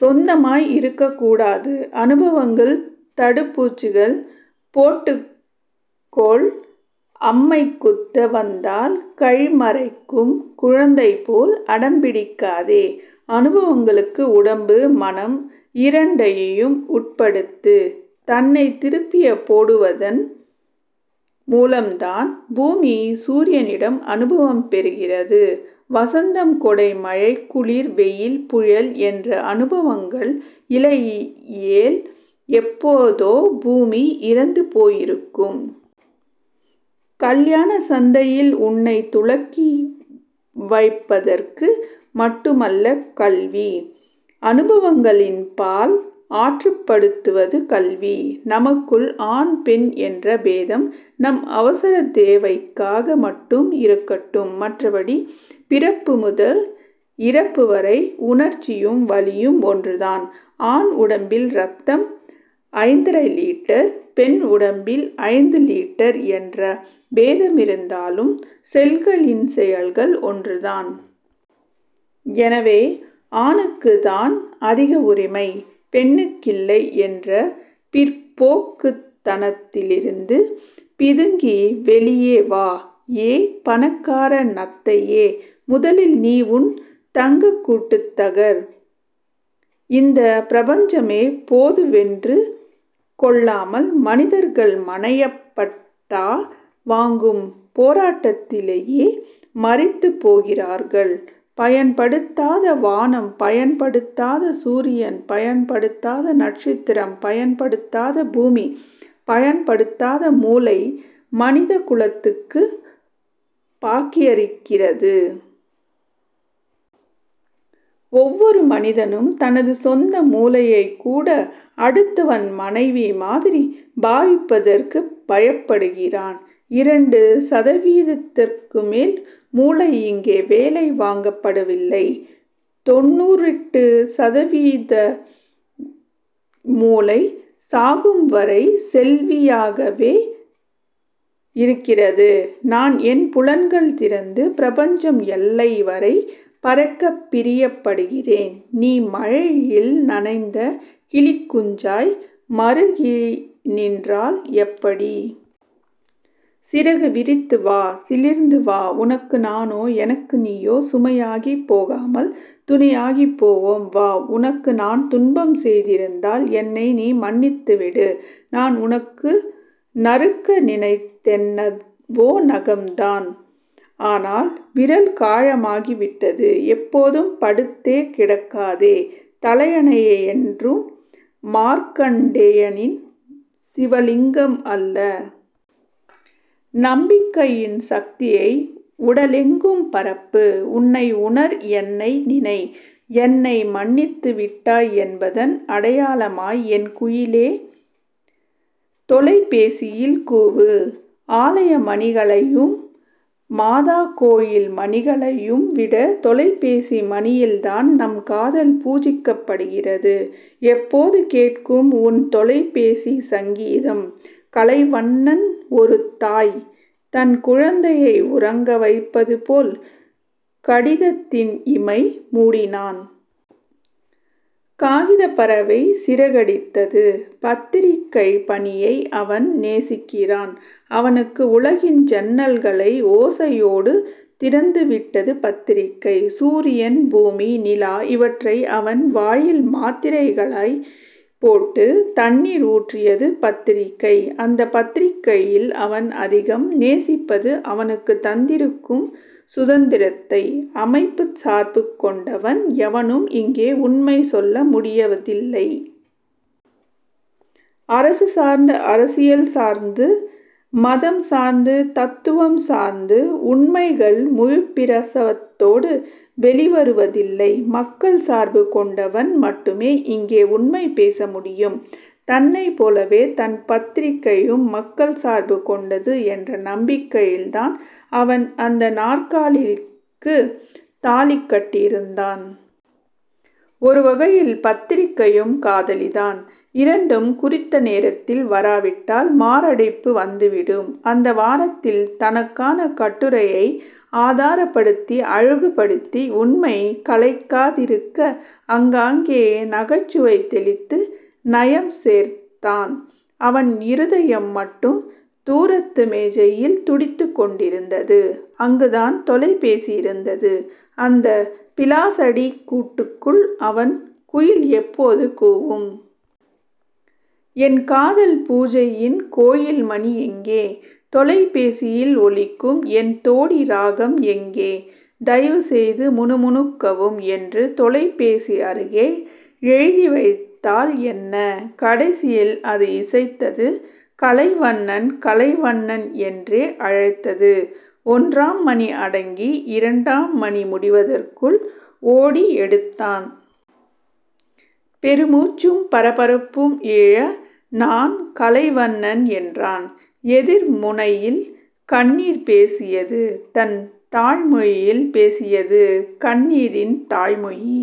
சொந்தமாய் இருக்கக்கூடாது. அனுபவங்கள் தடுப்பூசிகள். போட்டுக்கொள். அம்மைகுத்த வந்தால் கைமறைக்கும் குழந்தைபோல் அடம்பிடிக்காதே. அனுபவங்களுக்கு உடம்பு, மனம் இரண்டையும் உட்படுத்து. தன்னைத் திருப்பிப் போடுவதன் முலம்தான் பூமி சூரியனிடம் அனுபவம் பெறுகிறது. வசந்தம் கோடை மழை குளிர் வெயில் புயல் என்ற அனுபவங்கள் இல்லையேல் எப்போதோ பூமி இறந்துபோயிருக்கும். கல்யாணச் சந்தையில் உன்னைத் துலக்கிவைப்பதற்கு மட்டுமல்ல கல்வி. அனுபவங்களின்பால் ஆற்றுப்படுத்துவது கல்வி. நமக்குள் ஆண் பெண் என்ற பேதம் நம் அவசரத்தேவைக்காக மட்டும் இருக்கட்டும். மற்றபடி பிறப்புமுதல் இறப்புவரை உணர்ச்சியும் வலியும் ஒன்றுதான். ஆண் உடம்பில் ரத்தம் ஐந்தரை லிட்டர். பெண் உடம்பில் ஐந்து லிட்டர் என்ற பேதமிருந்தாலும் செல்களின் செயல்கள் ஒன்றுதான். எனவே ஆணுக்குத்தான் அதிக உரிமை. பெண்ணுக்கில்லை என்ற பிற்போக்குத்தனத்திலிருந்து பிதுங்கி வெளியே வா. ஏ பணக்கார நத்தையே. முதலில் நீ உன் தங்கக்கூடு தகர். இந்தப் பிரபஞ்சமே பொதுவென்று கொள்ளாமல் மனிதர்கள் மனைப்பட்டா வாங்கும் போராட்டத்திலேயே மரித்துப்போகிறார்கள். பயன்படுத்தாத வானம் பயன்படுத்தாத சூரியன் பயன்படுத்தாத நட்சத்திரம் பயன்படுத்தாத பூமி பயன்படுத்தாத முளை மனிதகுலத்துக்குப் பாக்கியிருக்கிறது. ஒவ்வொரு மனிதனும் தனது சொந்த முளையைக்கூட அடுத்தவன் மனைவிமாதிரி பாவிப்பதற்குப் பயப்படுகிறான். இரண்டு சதவிகிதத்துக்குமேல் முளை இங்கே வேலை வாங்கப்படவில்லை. தொண்ணூற்றெட்டு சதவிகித முளை சாகும்வரை செல்வியாகவே இருக்கிறது. நான் என் புலன்கள் திறந்து பிரபஞ்ச எல்லைவரை பறக்கப் பிரியப்படுகிறேன். நீ மழையில் நனைந்த கிளிக்குஞ்சாய் மறுகிநின்றால் எப்படி? சிறகு விரித்து வா. சிலிர்த்து வா. உனக்கு நானோ எனக்கு நீயோ சுமையாகிப் போகாமல் துணையாகிப் போவோம் வா. உனக்கு நான் துன்பம் செய்திருந்தால் என்னை நீ மன்னித்துவிடு நான் உனக்கு நறுக்க நினைத்தென்னவோ நகம்தான். ஆனால், விரல் காயமாகிவிட்டது. எப்போதும் படுத்தே கிடக்காதே. தலையணையொன்றும் மார்க்கண்டேயனின் சிவலிங்கம் அல்ல. நம்பிக்கையின் சக்தியை உடலெங்கும் பரப்பு உன்னை உணர் என்னை நினை. என்னை மன்னித்துவிட்டாய் என்பதன் அடையாளமாய் என் குயிலே தொலைபேசியில் கூவு. ஆலயமணிகளையும் மாதாகோயில் மணிகளையும் விட தொலைபேசி மணியில்தான் நம் காதல் பூஜிக்கப்படுகிறது. எப்போது கேட்கும் உன் தொலைபேசிச் சங்கீதம்? கலைவண்ணன் ஒருதாய் தன் குழந்தையை உறங்கவைப்பது போல் கடிதத்தின் இமை முடினான். காகிதப் பறவை சிறகடித்தது. பத்திரிகைப் பணியை அவன் நேசிக்கிறான். அவனுக்கு உலகின் ஜன்னல்களை ஓசையோடு திறந்துவிட்டது பத்திரிகை. சூரியன் பூமி நிலா இவற்றை அவன் வாயில் மாத்திரைகளாய்ப் போட்டு தண்ணீர் ஊற்றியது பத்திரிகை. அந்தப் பத்திரிகையில் அவன் அதிகம் நேசிப்பது அவனுக்குத் தந்திருக்கும் சுதந்திரத்தை. அமைப்புச் சார்புகொண்டவன் எவனும் இங்கே உண்மை சொல்லமுடிவதில்லை. அரசு சார்ந்து அரசியல் சார்ந்து மதம் சார்ந்து தத்துவம் சார்ந்து உண்மைகள் முழுப்பிரசவத்தோடு வெளிவருவதில்லை. மக்கள் சார்பு கொண்டவன் மட்டுமே இங்கே உண்மை பேச முடியும். தன்னைப் போலவே தன் பத்திரிகையும் மக்கள் சார்பு கொண்டது என்ற நம்பிக்கையில்தான் அவன் அந்த நாற்காலிக்குத் தாலிக் கட்டியிருந்தான். ஒருவகையில் பத்திரிகையும் காதலிதான். இரண்டும் குறித்த நேரத்தில் வராவிட்டால் மாரடைப்பு வந்துவிடும். அந்த வாரத்தில் தனக்கான கட்டுரையை ஆதாரப்படுத்தி அழகுபடுத்தி உண்மை களைக்காதிருக்க அங்காங்கே நகைச்சுவை தெளித்து நயம் சேர்த்தான். அவன் இருதயம் மட்டும் தூரத்து மேஜையில் துடித்துக் கொண்டிருந்தது. அங்குதான் தொலைபேசி இருந்தது. அந்த பிளாஸடிக் கூட்டுக்குள் அவன் குயில் எப்போது கூவும்? என் காதல் பூஜையின் கோயில்மணி எங்கே? தொலைபேசியில் ஒலிக்கும் என் தோடி ராகம் எங்கே? தயவுசெய்து முணுமுணுக்கவும் என்று தொலைபேசி அருகே எழுதிவைத்தால் என்ன? கடைசியில் அது இசைத்தது கலைவண்ணன் கலைவண்ணன் என்றே அழைத்தது. ஒன்றாம் மணி அடங்கி இரண்டாம் மணி முடிவதற்குள் ஓடி எடுத்தான். பெருமுச்சும் பரபரப்பும் இழைய நான் கலைவண்ணன் என்றான். எதிர்முனையில் கண்ணீர் பேசியது தன் தாய்மொழியில் பேசியது. கண்ணீரின் தாய்மொழி